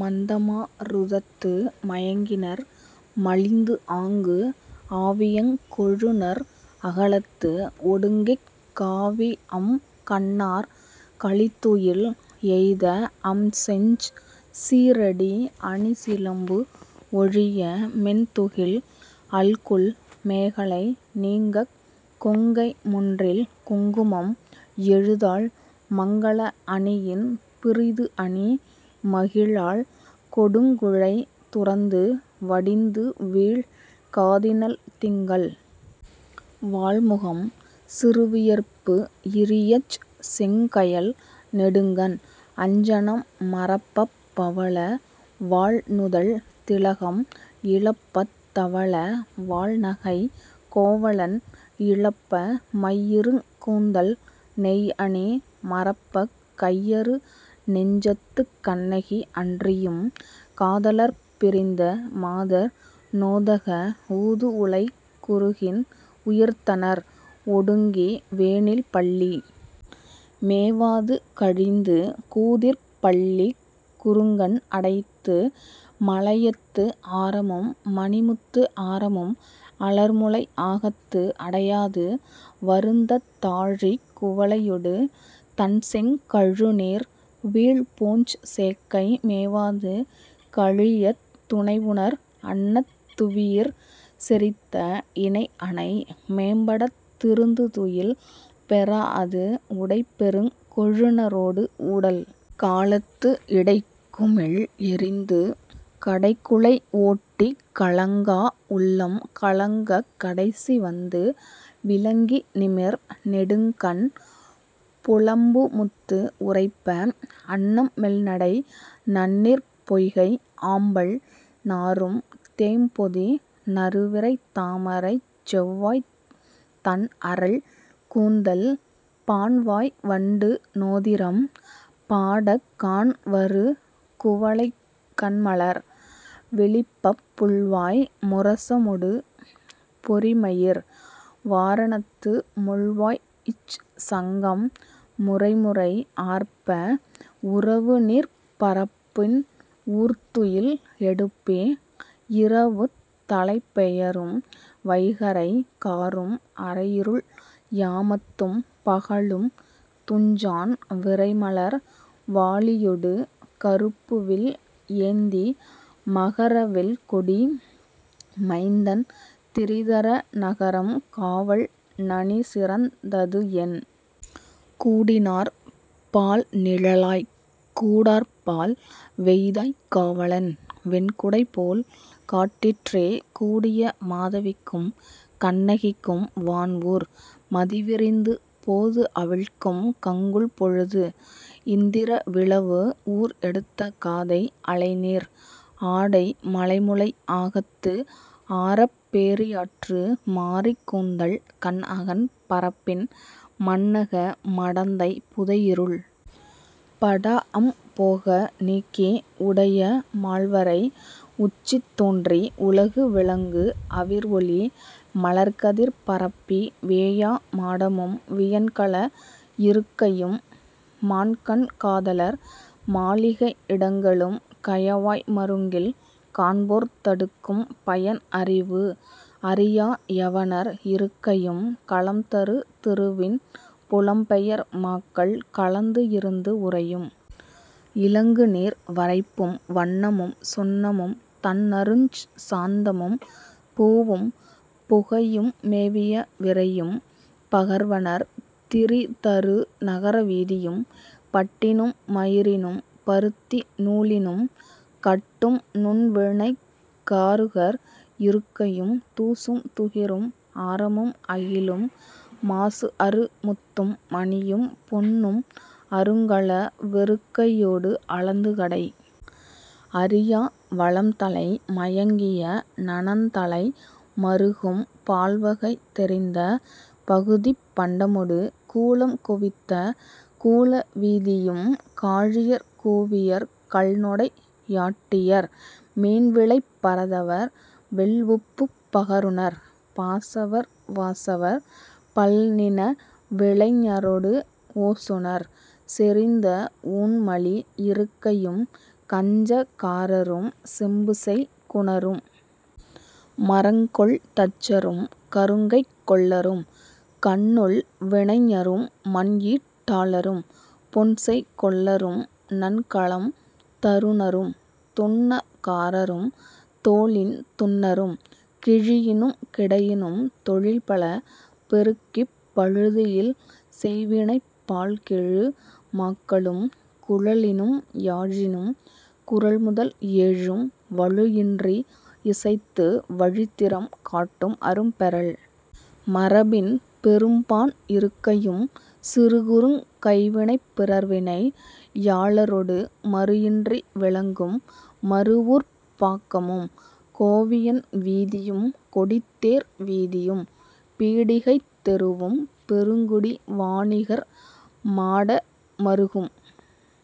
மந்தமா ருதத்து மயங்கினர் மலிந்துஆங்கு ஆவியங் கொழுநர் அகலத்து ஒடுங்கிக் காவிஅம் கண்ணார் களித்துயில் எய்த அம்செஞ் சீறடி அணிசிலம்பு ஒழிய மென்துகில் அல்குல் மேகலை நீங்கக் கொங்கை முன்றில் குங்குமம் எழுதாள் மங்கல அணியின் பிறிதுஅணி மகிழாள் கொடுங்குழை துறந்து வடிந்துவீழ் காதினள் திங்கள் வாள்முகம் சிறுவியர்ப்பு இரியச் செங்கயல் நெடுங்கண் அஞ்சனம் மறப்பப் பவள வாள்நுதல் திலகம் இழப்பத் தவள வாள்நகை கோவலன் இழப்ப மைஇருங் கூந்தல் நெய்அணி மறப்பக் கையறு நெஞ்சத்துக் கண்ணகி அன்றியும், காதலர்ப் பிரிந்த மாதர் நோதக ஊதுஉலைக் குருகின் உயிர்த்தனர் ஒடுங்கி வேனில் பள்ளி மேவாது கழிந்து கூதிர்ப் பள்ளிக் குறுங்கண் அடைத்து மலயத்து ஆரமும் மணிமுத்து ஆரமும் அலர்முலை ஆகத்து அடையாது வருந்தத் தாழிக் குவளையொடு தண்செங் கழுநீர் வீழ்பூஞ் சேக்கை மேவாது கழியத் துணைபுணர் அன்னத் து஡வியிற் செறித்த இணைஅணை மேம்படத் திருந்துதுயில் பெறாஅது உடைப்பெருங் கொழுநரோடு ஊடல் காலத்து இடைக்குமிழ் எறிந்து கடைக்குழை ஓட்டிக் கலங்கா உள்ளம் கலங்கக் கடைசிவந்து விலங்கிநிமிர் நெடுங்கண் புலம்புமுத்து உறைப்ப, அன்னம் மெல்நடை நன்னீர்ப் பொய்கை ஆம்பல் நாறும் தேம்பொதி நறுவிரைத் தாமரைச் செவ்வாய்த் தண்அறல் கூந்தல் பாண்வாய் வண்டு நோதிறம் பாடக் காண்வரு குவளைக் கண்மலர் விழிப்பப் புள்வாய் முரசமொடு பொறிமயிர் வாரணத்து முள்வாய்ச் சங்கம் முறைமுறை ஆர்ப்ப உரவுநீர்ப் பரப்பின் ஊர்த்துயில் எடுப்பி இரவுத் தலைப்பெயரும் வைகறை காறும் அரைஇருள் யாமத்தும் பகலும் துஞ்சான் விரைமலர் வாளியொடு கருப்புவில் ஏந்தி மகர வெல்கொடி மைந்தன் திரிதர நகரம் காவல் நனிசிறந் ததுஎன். கூடினார் பால்நிழலாய்க் கூடார்ப்பால் வெய்தாய்க் காவலன் வெண்குடைபோல் காட்டிற்றே கூடிய மாதவிக்கும் கண்ணகிக்கும் வான்ஊர் மதிவிரிந்து போதுஅவிழ்க்கும் கங்குல் பொழுது.. இந்திர விழவு ஊர் எடுத்த காதை அலைநீர் ஆடை மலைமுலை ஆகத்து ஆரப் பேரியாற்று மாரிக் கூந்தல் கண்அகன் பரப்பின் மண்ணக மடந்தை புதைஇருள் படாஅம் போக நீக்கி உடைய மால்வரை உச்சித் தோன்றி உலகுவிளங்கு அவிர்ஒளி மலர்கதிர் பரப்பி, வேயா மாடமும், வியன்கல இருக்கையும், மான்கண் காதலர் மாளிகை இடங்களும், கயவாய் மருங்கில் காண்போர்த் தடுக்கும் பயன்அறிவு அறியா யவனர் இருக்கையும், கலம்தரு திருவின் புலம்பெயர் மாக்கள் கலந்துஇருந்து உறையும் இலங்குநீர் வரைப்பும், வண்ணமும் சுண்ணமும் தண்நறுஞ் சாந்தமும் பூவும் புகையும் மேவிய விரையும் பகர்வனர் திரிதரு நகர வீதியும், பட்டினும் மயிரினும் பருத்தி நூலினும் கட்டும் நுண்வினைக் காருகர் இருக்கையும், தூசும் துகிரும் ஆரமும் அகிலும் மாசுஅறு முத்தும் மணியும் பொன்னும் அருங்கல வெறுக்கையோடு அளந்துகடை அறியா வளம்தலை மயங்கிய நனந்தலை மறுகும், பால்வகை தெரிந்த பகுதிப் பண்டமொடு கூலம் குவித்த கூல வீதியும், காழியர் கூவியர் கள்நொடை யாட்டியர் மீன்விலைப் பரதவர் வெள்உப்புப் பகருநர் பாசவர் வாசவர் பல்நிண விலைஞரொடு ஓசுநர் செறிந்த ஊன்மலி இருக்கையும், கஞ்ச காரரும் செம்புசெய் குநரும் மரங்கொல் தச்சரும் கருங்கைக் கொல்லரும் கண்ணுள் வினைஞரும் மண்ஈட் டாளரும் பொன்செய் கொல்லரும் நன்கலம் தருநரும் துன்ன காரரும் தோலின் துன்னரும் கிழியினும் கிடையினும் தொழில்பல பெருக்கிப் பழுதுஇல் செய்வினைப் பால்கெழு மாக்களும் குழலினும் யாழினும் குரல்முதல் ஏழும் வழுஇன்றி இசைத்து வழித்திறம் காட்டும் அரும்பெறல் மரபின் பெரும்பாண் இருக்கையும், சிறுகுறுங் கைவினைப் பிறர்வினை யாளரொடு மறுஇன்றி விளங்கும் மருவூர்ப் பாக்கமும், கோவியன் வீதியும், கொடித்தேர் வீதியும், பீடிகைத் தெருவும், பெருங்குடி வாணிகர் மாட மறுகும்,